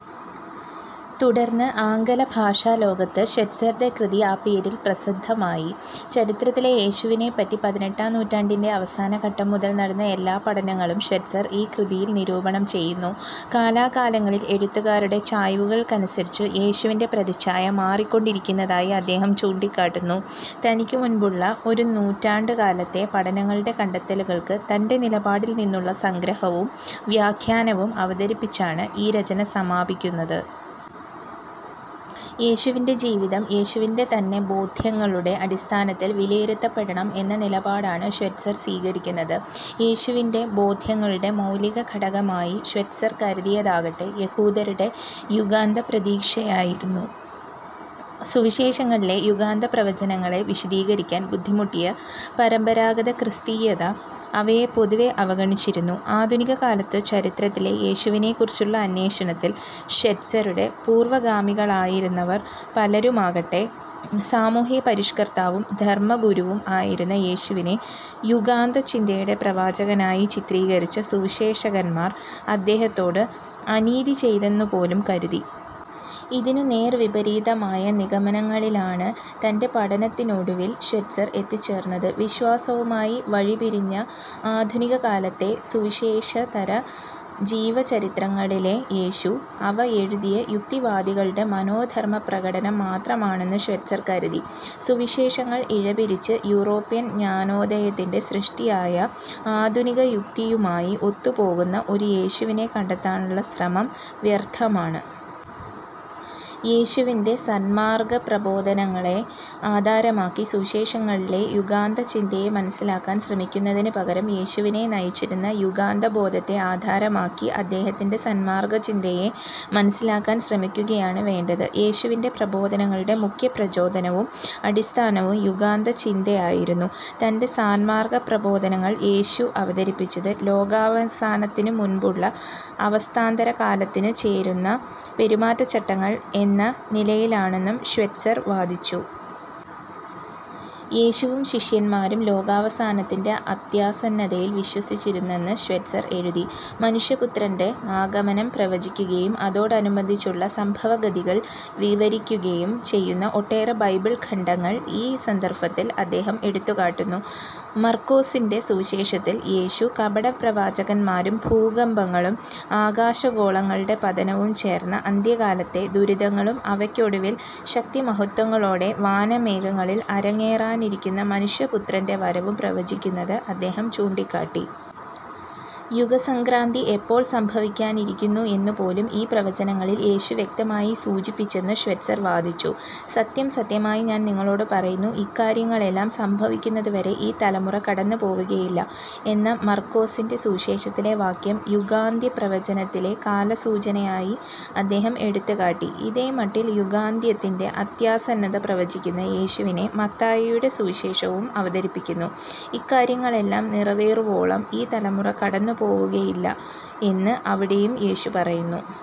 തുടർന്ന്, ആംഗലഭാഷ ലോകത്ത് ഷ്വൈറ്റ്സറുടെ കൃതി ആ പേരിൽ പ്രസിദ്ധമായി. ചരിത്രത്തിലെ യേശുവിനെപ്പറ്റി പതിനെട്ടാം നൂറ്റാണ്ടിന്റെ അവസാനഘട്ടം മുതൽ നടന്ന എല്ലാ പഠനങ്ങളും ഷ്വൈറ്റ്സർ ഈ കൃതിയിൽ നിരൂപണം ചെയ്യുന്നു. കാലാകാലങ്ങളിൽ എഴുത്തുകാരുടെ ചായ്വുകൾക്കനുസരിച്ച് യേശുവിന്റെ പ്രതിച്ഛായ മാറിക്കൊണ്ടിരുന്നതായി അദ്ദേഹം ചൂണ്ടിക്കാട്ടുന്നു. തനിക്കു മുൻപുള്ള ഒരു നൂറ്റാണ്ടുകാലത്തെ പഠനങ്ങളുടെ കണ്ടെത്തലുകൾക്ക് തന്റെ നിലപാടിൽ നിന്നുള്ള സംഗ്രഹവും വ്യാഖ്യാനവും അവതരിപ്പിച്ചാണ് ഈ രചന സമാപിക്കുന്നത്. യേശുവിന്റെ ജീവിതം യേശുവിന്റെ തന്നെ ബോദ്ധ്യങ്ങളുടെ അടിസ്ഥാനത്തിൽ വിലയിരുത്തപ്പെടണം എന്ന നിലപാടാണ് ഷ്വൈറ്റ്സർ സ്വീകരിക്കുന്നത്. യേശുവിന്റെ ബോദ്ധ്യങ്ങളുടെ മൗലികഘടകമായി ഷ്വൈറ്റ്സർ കരുതിയതാകട്ടെ, യഹൂദരുടെ യുഗാന്തപ്രതീക്ഷ ആയിരുന്നു. സുവിശേഷങ്ങളിലെ യുഗാന്തപ്രവചനങ്ങളെ വിശദീകരിക്കാൻ ബുദ്ധിമുട്ടിയ പരമ്പരാഗതക്രിസ്തീയത, അവയെ പൊതുവേ അവഗണിച്ചിരുന്നു. ആധുനികകാലത്ത് ചരിത്രത്തിലെ യേശുവിനെക്കുറിച്ചുള്ള അന്വേഷണത്തിൽ ഷ്വൈറ്റ്സറുടെ പൂർവഗാമികളായിരുന്നവർ പലരുമാകട്ടെ, സാമൂഹ്യപരിഷ്കർത്താവും ധർമ്മഗുരുവും ആയിരുന്ന യേശുവിനെ യുഗാന്തചിന്തയുടെ പ്രവാചകനായി ചിത്രീകരിച്ച സുവിശേഷകന്മാർ അദ്ദേഹത്തോട് അനീതിചെയ്തെന്നു പോലും കരുതി. ഇതിനു നേർവിപരീതമായ നിഗമനങ്ങളിലാണ് തന്റെ പഠനത്തിനൊടുവിൽ ഷ്വൈറ്റ്സർ എത്തിച്ചേർന്നത്. വിശ്വാസവുമായി വഴിപിരിഞ്ഞ ആധുനിക കാലത്തെ സുവിശേഷേതര ജീവചരിത്രങ്ങളിലെ യേശു, അവ എഴുതിയ യുക്തിവാദികളുടെ മനോധർമ്മപ്രകടനം മാത്രമാണെന്ന് ഷ്വൈറ്റ്സർ കരുതി. സുവിശേഷങ്ങൾ ഇഴ പിരിച്ച്, യൂറോപ്യൻ ജ്ഞാനോദയത്തിന്റെ സൃഷ്ടിയായ ആധുനികയുക്തിയുമായി ഒത്തുപോകുന്ന ഒരു യേശുവിനെ കണ്ടെത്താനുള്ള ശ്രമം വ്യർഥമാണ്. യേശുവിന്റെ സന്മാർഗ്ഗപ്രബോധനങ്ങളെ ആധാരമാക്കി സുവിശേഷങ്ങളിലെ യുഗാന്തചിന്തയെ മനസ്സിലാക്കാൻ ശ്രമിക്കുന്നതിനു പകരം യേശുവിനെ നയിച്ചിരുന്ന യുഗാന്തബോധത്തെ ആധാരമാക്കി അദ്ദേഹത്തിന്റെ സന്മാർഗ്ഗചിന്തയെ മനസ്സിലാക്കാൻ ശ്രമിക്കുകയാണ് വേണ്ടത്. യേശുവിന്റെ പ്രബോധനങ്ങളുടെ മുഖ്യ പ്രചോദനവും അടിസ്ഥാനവും യുഗാന്തചിന്തയായിരുന്നു. തന്റെ സന്മാർഗ്ഗപ്രബോധനങ്ങൾ യേശു അവതരിപ്പിച്ചത് ലോകാവസാനത്തിനു മുൻപുള്ള അവസ്ഥാന്തരകാലത്തിനു ചേരുന്ന പെരുമാറ്റചട്ടങ്ങൾ എന്ന നിലയിലാണെന്നും ഷ്വൈറ്റ്സർ വാദിച്ചു. യേശുവും ശിഷ്യന്മാരും ലോകാവസാനത്തിന്റെ അത്യാസന്നതയിൽ വിശ്വസിച്ചിരുന്നെന്ന് ഷ്വൈറ്റ്സർ എഴുതി. 'മനുഷ്യപുത്രന്റെ' ആഗമനം പ്രവചിക്കുകയും അതോടനുബന്ധിച്ചുള്ള സംഭവഗതികൾ വിവരിക്കുകയും ചെയ്യുന്ന ഒട്ടേറെ ബൈബിൾ ഖണ്ഡങ്ങൾ ഈ സന്ദർഭത്തിൽ അദ്ദേഹം എടുത്തുകാട്ടുന്നു. മർക്കോസിന്റെ സുവിശേഷത്തിൽ യേശു, കപടപ്രവാചകന്മാരും, ഭൂകമ്പങ്ങളും, ആകാശഗോളങ്ങളുടെ പതനവും, ചേർന്ന അന്ത്യകാലത്തെ "ദുരിതങ്ങളും" അവക്കൊടുവിൽ "ശക്തിമഹത്ത്വങ്ങളോടെ വാനമേഘങ്ങളിൽ" അരങ്ങേറാനിരിക്കുന്ന മനുഷ്യപുത്രന്റെ വരവും പ്രവചിക്കുന്നത് അദ്ദേഹം ചൂണ്ടിക്കാട്ടി. യുഗസംക്രാന്തി എപ്പോൾ സംഭവിക്കാനിരിക്കുന്നു എന്നു പോലും ഈ പ്രവചനങ്ങളിൽ യേശു വ്യക്തമായി സൂചിപ്പിച്ചെന്ന് ഷ്വൈറ്റ്സർ വാദിച്ചു: "സത്യം സത്യമായി ഞാൻ നിങ്ങളോടു പറയുന്നു, ഇക്കാര്യങ്ങളെല്ലാം സംഭവിക്കുന്നതു വരെ ഈ തലമുറ കടന്നു പോവുകയില്ല" എന്ന മർക്കോസിന്റെ സുവിശേഷത്തിലെ വാക്യം യുഗാന്ത്യപ്രവചനത്തിലെ കാലസൂചനയായി അദ്ദേഹം എടുത്തുകാട്ടി. ഇതേമട്ടിൽ യുഗാന്ത്യത്തിന്റെ അത്യാസന്നത പ്രവചിക്കുന്ന യേശുവിനെ മത്തായിയുടെ സുവിശേഷവും അവതരിപ്പിക്കുന്നു: "ഇക്കാര്യങ്ങളെല്ലാം നിറവേറുവോളം ഈ തലമുറ കടന്നുപോവുകയില്ല" എന്ന് അവിടെയും യേശു പറയുന്നു.